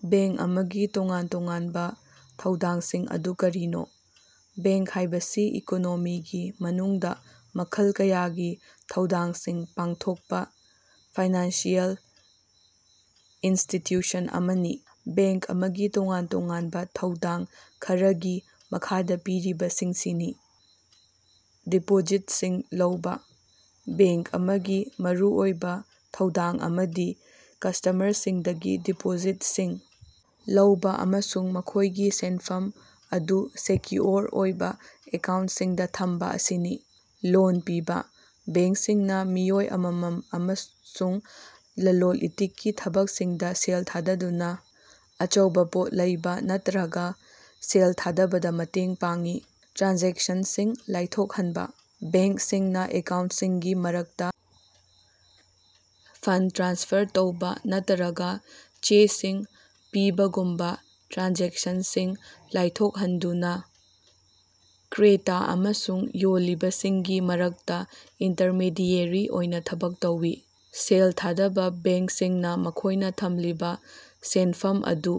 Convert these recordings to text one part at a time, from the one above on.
Bank ꯑꯃꯒꯤ ꯇꯣꯉꯥꯟ-ꯇꯣꯉꯥꯟꯕ ꯊꯧꯗꯥꯡꯁꯤꯡ ꯑꯗꯨ ꯀꯔꯤꯅꯣ? ꯕꯦꯡ ꯍꯥꯏꯕꯁꯤ ꯏꯀꯣꯅꯣꯃꯤꯒꯤ ꯃꯅꯨꯡꯗꯥ ꯃꯈꯜ ꯀꯌꯥꯒꯤ ꯊꯧꯗꯥꯡꯁꯤꯡ ꯄꯥꯡꯊꯣꯛꯄ ꯐꯥꯏꯅꯥꯟꯁꯤꯑꯦꯜ ꯏꯟꯁꯇꯤꯇꯌꯨꯁꯟ ꯑꯃꯅꯤ꯫ ꯕꯦꯡ ꯑꯃꯒꯤ ꯇꯣꯉꯥꯟ-ꯇꯣꯉꯥꯟꯕ ꯊꯧꯗꯥꯡ ꯈꯔꯒꯤ ꯃꯈꯥꯗ ꯄꯤꯔꯤꯕꯁꯤꯡꯁꯤꯅꯤ: ꯗꯤꯄꯣꯖꯤꯠꯁꯤꯡ ꯂꯧꯕ: ꯕꯦꯡ ꯑꯃꯒꯤ ꯃꯔꯨꯑꯣꯏꯕ ꯊꯧꯗꯥꯡ ꯑꯃꯗꯤ ꯀꯁ꯭ꯇꯝꯃꯔꯁꯤꯡꯗꯒꯤ ꯗꯤꯄꯣꯖꯤꯠꯁꯤꯡ ꯂꯧꯕ ꯑꯃꯁꯨꯡ ꯃꯈꯣꯏꯒꯤ ꯁꯦꯟꯐꯝ ꯑꯗꯨ ꯁꯦꯀꯌꯨꯑꯣꯔ ꯑꯣꯏꯕ ꯑꯦꯀꯥꯎꯟꯇꯁꯤꯡꯗ ꯊꯝꯕ ꯑꯁꯤꯅꯤ꯫ ꯂꯣꯟ ꯄꯤꯕ: ꯕꯦꯡꯁꯤꯡꯅ ꯃꯤꯑꯣꯏ ꯑꯃꯃꯝ ꯑꯃꯁꯨꯡ ꯂꯂꯣꯟ-ꯏꯇꯤꯛꯀꯤ ꯊꯕꯛꯁꯤꯡꯗ ꯁꯦꯜ ꯊꯥꯗꯗꯨꯅ ꯑꯆꯧꯕ ꯄꯣꯠ ꯂꯩꯕ ꯅꯠꯇꯔꯒ ꯁꯦꯜ ꯊꯥꯗꯕꯗ ꯃꯇꯦꯡ ꯄꯥꯡꯏ꯫ ꯇ꯭ꯔꯥꯟꯖꯦꯛꯁꯟꯁꯤꯡ ꯂꯥꯏꯊꯣꯛꯍꯟꯕ: ꯕꯦꯡꯁꯤꯡꯅ ꯑꯦꯀꯥꯎꯟꯇꯁꯤꯡꯒꯤ ꯃꯔꯛꯇꯥ ꯐꯟꯗ ꯇ꯭ꯔꯥꯟꯁꯐꯔ ꯇꯧꯕ ꯅꯠꯇꯔꯒ ꯆꯦꯁꯤꯡ ꯄꯤꯕꯒꯨꯝꯕ ꯇ꯭ꯔꯥꯟꯖꯦꯛꯁꯟꯁꯤꯡ ꯂꯥꯏꯊꯣꯍꯟꯗꯨꯅꯥ ꯀ꯭ꯔꯦꯇꯥ ꯑꯃꯁꯨꯡ ꯌꯣꯜꯂꯤꯕꯁꯤꯡꯒꯤ ꯃꯔꯛꯇ ꯏꯟꯇꯔꯃꯦꯗꯤꯑꯦꯔꯤ ꯑꯣꯏꯅ ꯊꯕꯛ ꯇꯧꯏ꯫ ꯁꯦꯜ ꯊꯥꯗꯕ ꯕꯦꯡꯁꯤꯡꯅ ꯃꯈꯣꯏꯅ ꯊꯝꯂꯤꯕ ꯁꯦꯟꯐꯝ ꯑꯗꯨ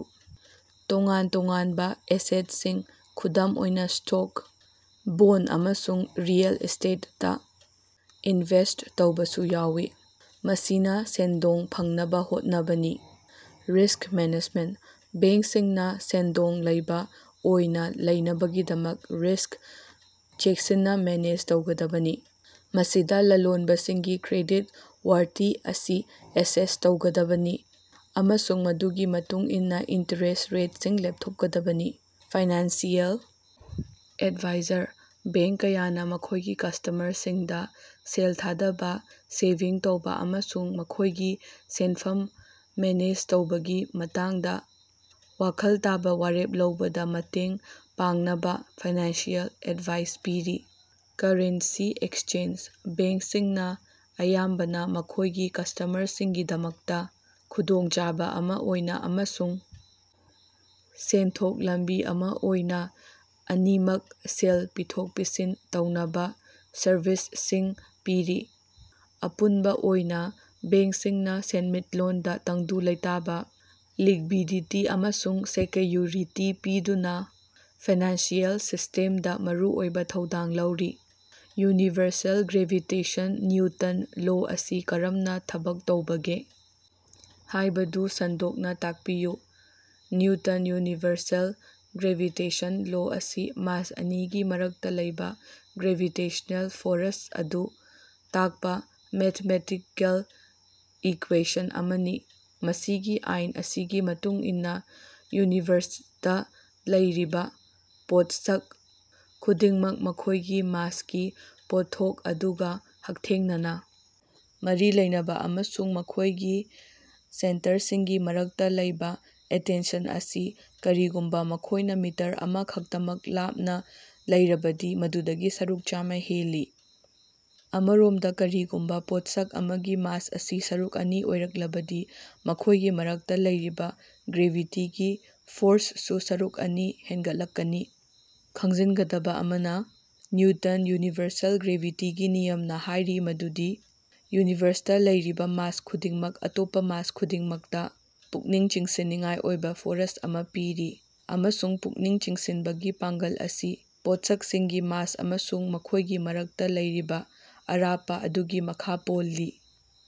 ꯇꯣꯉꯥꯟ ꯇꯣꯉꯥꯟꯕꯥ ꯑꯦꯁꯦꯠꯁꯤꯡ, ꯈꯨꯗꯝ ꯑꯣꯏꯅ ꯁ꯭ꯇꯣꯛ, ꯕꯣꯟꯗ, ꯑꯃꯁꯨꯡ ꯔꯤꯑꯦꯜ ꯏꯁ꯭ꯇꯦꯠꯇꯥ ꯏꯟꯚꯦꯁ꯭ꯠ ꯇꯧꯕꯁꯨ ꯌꯥꯏ, ꯃꯁꯤꯅ ꯁꯦꯟꯗꯣꯡ ꯐꯪꯅꯕ ꯍꯣꯠꯅꯔꯤ꯫ ꯔꯤꯁ꯭ꯛ ꯃꯦꯅꯦꯖꯃꯦꯟꯇ: ꯕꯦꯡꯁꯤꯡꯅꯥ ꯁꯦꯟꯗꯣꯡ ꯂꯩꯕ ꯑꯣꯏꯅꯥ ꯂꯩꯅꯕꯒꯤꯗꯃꯛ ꯔꯤꯁ꯭ꯛ ꯆꯦꯀꯁꯤꯟꯅꯥ ꯃꯦꯅꯦꯖ ꯇꯧꯒꯗꯕꯅꯤ, ꯃꯁꯤꯗꯥ ꯂꯂꯣꯅꯕꯁꯤꯡꯒꯤ ꯀ꯭ꯔꯦꯗꯤꯠ ꯋꯥꯔꯇꯤ ꯑꯁꯤ ꯑꯦꯁꯦꯁ ꯇꯧꯒꯗꯕꯅꯤ ꯑꯃꯁꯨꯡ ꯃꯗꯨꯒꯤ ꯃꯇꯨꯡ ꯏꯟꯅ ꯏꯟꯇꯔꯦꯁ ꯔꯦꯠꯁꯤꯡ ꯂꯦꯞꯊꯣꯛꯀꯗꯕꯅꯤ꯫ ꯐꯥꯏꯅꯥꯟꯁꯤꯑꯦꯜ ꯑꯦꯗꯚꯥꯏꯖꯔ: ꯕꯦꯡ ꯀꯌꯥꯅ ꯃꯈꯣꯏꯒꯤ ꯀꯁ꯭ꯇꯝꯃꯔꯁꯤꯡꯗ ꯁꯦꯜ ꯊꯥꯗꯕ, ꯁꯦꯚꯤꯡ ꯇꯧꯕ ꯑꯃꯁꯨꯡ ꯃꯈꯣꯏꯒꯤ ꯁꯦꯟꯐꯝ ꯃꯦꯅꯦꯖ ꯇꯧꯕꯒꯤ ꯃꯇꯥꯡꯗ ꯋꯥꯈꯜ ꯇꯥꯕ ꯋꯥꯔꯦꯞ ꯂꯧꯕꯗꯥꯃꯇꯦꯡ ꯄꯥꯡꯅꯕ ꯐꯥꯏꯅꯥꯟꯁꯤꯑꯦꯜ ꯑꯦꯗꯚꯥꯏ ꯄꯤꯔꯤ꯫ ꯀꯔꯦꯟꯁꯤ ꯑꯦꯛꯁꯆꯦꯟꯖ: ꯕꯦꯡꯁꯤꯡꯅ ꯑꯌꯥꯝꯕꯅ ꯃꯈꯣꯏꯒꯤ ꯀꯁ꯭ꯇꯝꯃꯔꯁꯤꯡꯒꯤꯗꯃꯛꯇ ꯈꯨꯗꯣꯡꯆꯥꯕ ꯑꯃ ꯑꯣꯏꯅ ꯑꯃꯁꯨꯡ ꯁꯦꯟꯊꯣꯛ ꯂꯝꯕꯤ ꯑꯃ ꯑꯣꯏꯅ ꯑꯅꯤꯃꯛ ꯁꯦꯜ ꯄꯤꯊꯣꯛ-ꯄꯤꯁꯤꯟ ꯇꯧꯅꯕ ꯁꯔꯚꯤꯁꯁꯤꯡ ꯄꯤꯔꯤ꯫ ꯑꯄꯨꯟꯕꯥ ꯑꯣꯏꯅꯥ, ꯕꯦꯡꯁꯤꯡꯅꯥ ꯁꯦꯟꯃꯤꯠꯂꯣꯟꯗ ꯇꯪꯗꯨ ꯂꯩꯇꯥꯕ, ꯂꯤꯛꯕꯤꯗꯤꯇꯤ, ꯑꯃꯁꯨꯡ ꯁꯦꯀꯌꯨꯔꯤꯇꯤ ꯄꯤꯗꯨꯅꯥ ꯐꯥꯏꯅꯥꯟꯁꯤꯑꯦꯜ ꯁꯤꯁ꯭ꯇꯦꯝꯗꯥ ꯃꯔꯨꯑꯣꯏꯕ ꯊꯧꯗꯥꯡ ꯂꯧꯔꯤ꯫ ꯌꯨꯅꯤꯚꯔꯁꯦꯜ ꯒ꯭ꯔꯦꯚꯤꯇꯦꯁꯟ ꯅꯤꯎꯇꯟ ꯂꯣ ꯑꯁꯤ ꯀꯔꯝꯅꯥ ꯊꯕꯛ ꯇꯧꯕꯒꯦ ꯍꯥꯏꯕꯗꯨ ꯁꯟꯗꯣꯛꯅ ꯇꯥꯛꯄꯤꯌꯨ꯫ ꯅꯤꯎꯇꯟ ꯌꯨꯅꯤꯚꯔꯁꯦꯜ ꯒ꯭ꯔꯦꯚꯤꯇꯦꯁꯟ ꯂꯣ ꯑꯁꯤ ꯃꯥꯁ ꯑꯅꯤꯒꯤ ꯃꯔꯛꯇꯥ ꯂꯩꯕ ꯒ꯭ꯔꯦꯚꯤꯇꯦꯁꯅꯦꯜ ꯐꯣꯔꯁ ꯑꯗꯨ ꯇꯥꯛꯄ ꯃꯦꯊꯃꯦꯇꯤꯀꯦꯜ ꯏꯀ꯭ꯌꯦꯁꯟ ꯑꯃꯅꯤ꯫ ꯃꯁꯤꯒꯤ ꯑꯥꯏꯟ ꯑꯁꯤꯒꯤ ꯃꯇꯨꯡ ꯏꯟꯅꯥ ꯌꯨꯅꯤꯚꯔꯁꯇꯥ ꯂꯩꯔꯤꯕꯥ ꯄꯣꯠꯁꯛ ꯈꯨꯗꯤꯡꯃꯛ ꯃꯈꯣꯏꯒꯤ ꯃꯥꯁꯀꯤ ꯄꯣꯠꯊꯣꯛ ꯑꯗꯨꯒ ꯍꯛꯊꯦꯡꯅꯅꯥ ꯃꯔꯤ ꯂꯩꯅꯕꯥ ꯑꯃꯁꯨꯡ ꯃꯈꯣꯏꯒꯤ ꯁꯦꯟꯇꯔꯁꯤꯡꯒꯤ ꯃꯔꯛꯇꯥ ꯂꯩꯕ ꯑꯇꯦꯟꯁꯟ ꯑꯁꯤ ꯀꯔꯤꯒꯨꯝꯕꯥ ꯃꯈꯣꯏꯅ ꯃꯤꯇꯔ ꯑꯃꯥ ꯈꯛꯇꯃꯛ ꯂꯥꯞꯅ ꯂꯩꯔꯕꯗꯤ ꯃꯗꯨꯗꯒꯤ ꯁꯔꯨꯛ ꯆꯃꯥ ꯍꯦꯜꯂꯤ꯫ ꯑꯃꯔꯣꯝꯗ ꯀꯔꯤꯒꯨꯝꯕ ꯄꯣꯠꯁꯛ ꯑꯃꯒꯤ ꯃꯥꯁ ꯑꯁꯤ ꯁꯔꯨꯛ ꯑꯅꯤ ꯑꯣꯏꯔꯛꯂꯕꯗꯤ ꯃꯈꯣꯏꯒꯤ ꯃꯔꯛꯇ ꯂꯩꯔꯤꯕ ꯒ꯭ꯔꯦꯚꯤꯇꯤꯒꯤ ꯐꯣꯔꯁꯁꯨ ꯁꯔꯨꯛ ꯑꯅꯤ ꯍꯦꯒꯠꯂꯛꯀꯅꯤ꯫ ꯈꯪꯖꯤꯟꯒꯗꯕ ꯑꯃꯅ, ꯅꯤꯎꯇꯟ ꯌꯨꯅꯤꯚꯔꯁꯦꯜ ꯒ꯭ꯔꯦꯚꯤꯇꯤꯒꯤ ꯅꯤꯌꯝꯅ ꯍꯥꯢꯔꯤ ꯃꯗꯨꯗꯤ ꯌꯨꯅꯤꯚꯔꯁꯇꯥ ꯂꯩꯔꯤꯕ ꯃꯥꯁ ꯈꯨꯗꯤꯡꯃꯛꯅ ꯑꯇꯣꯞꯄ ꯃꯥꯁ ꯈꯨꯗꯤꯡꯃꯛꯇꯥ ꯄꯨꯛꯅꯤꯡ ꯆꯤꯡꯁꯤꯟꯅꯤꯡꯉꯥꯏ ꯑꯣꯏꯕ ꯐꯣꯔꯁ ꯑꯃ ꯄꯤ, ꯑꯃꯁꯨꯡ ꯄꯨꯛꯅꯤꯡ ꯆꯤꯡꯁꯤꯟꯕꯒꯤ ꯄꯥꯡꯒꯜ ꯑꯁꯤ ꯄꯣꯠꯁꯛꯁꯤꯡꯒꯤ ꯃꯥꯁ ꯑꯃꯁꯨꯡ ꯃꯈꯣꯏꯒꯤ ꯃꯔꯛꯇ ꯂꯩꯔꯤꯕ ꯑꯔꯥꯞꯄ ꯑꯗꯨꯒꯤ ꯃꯈꯥ ꯄꯣꯜꯂꯤ꯫।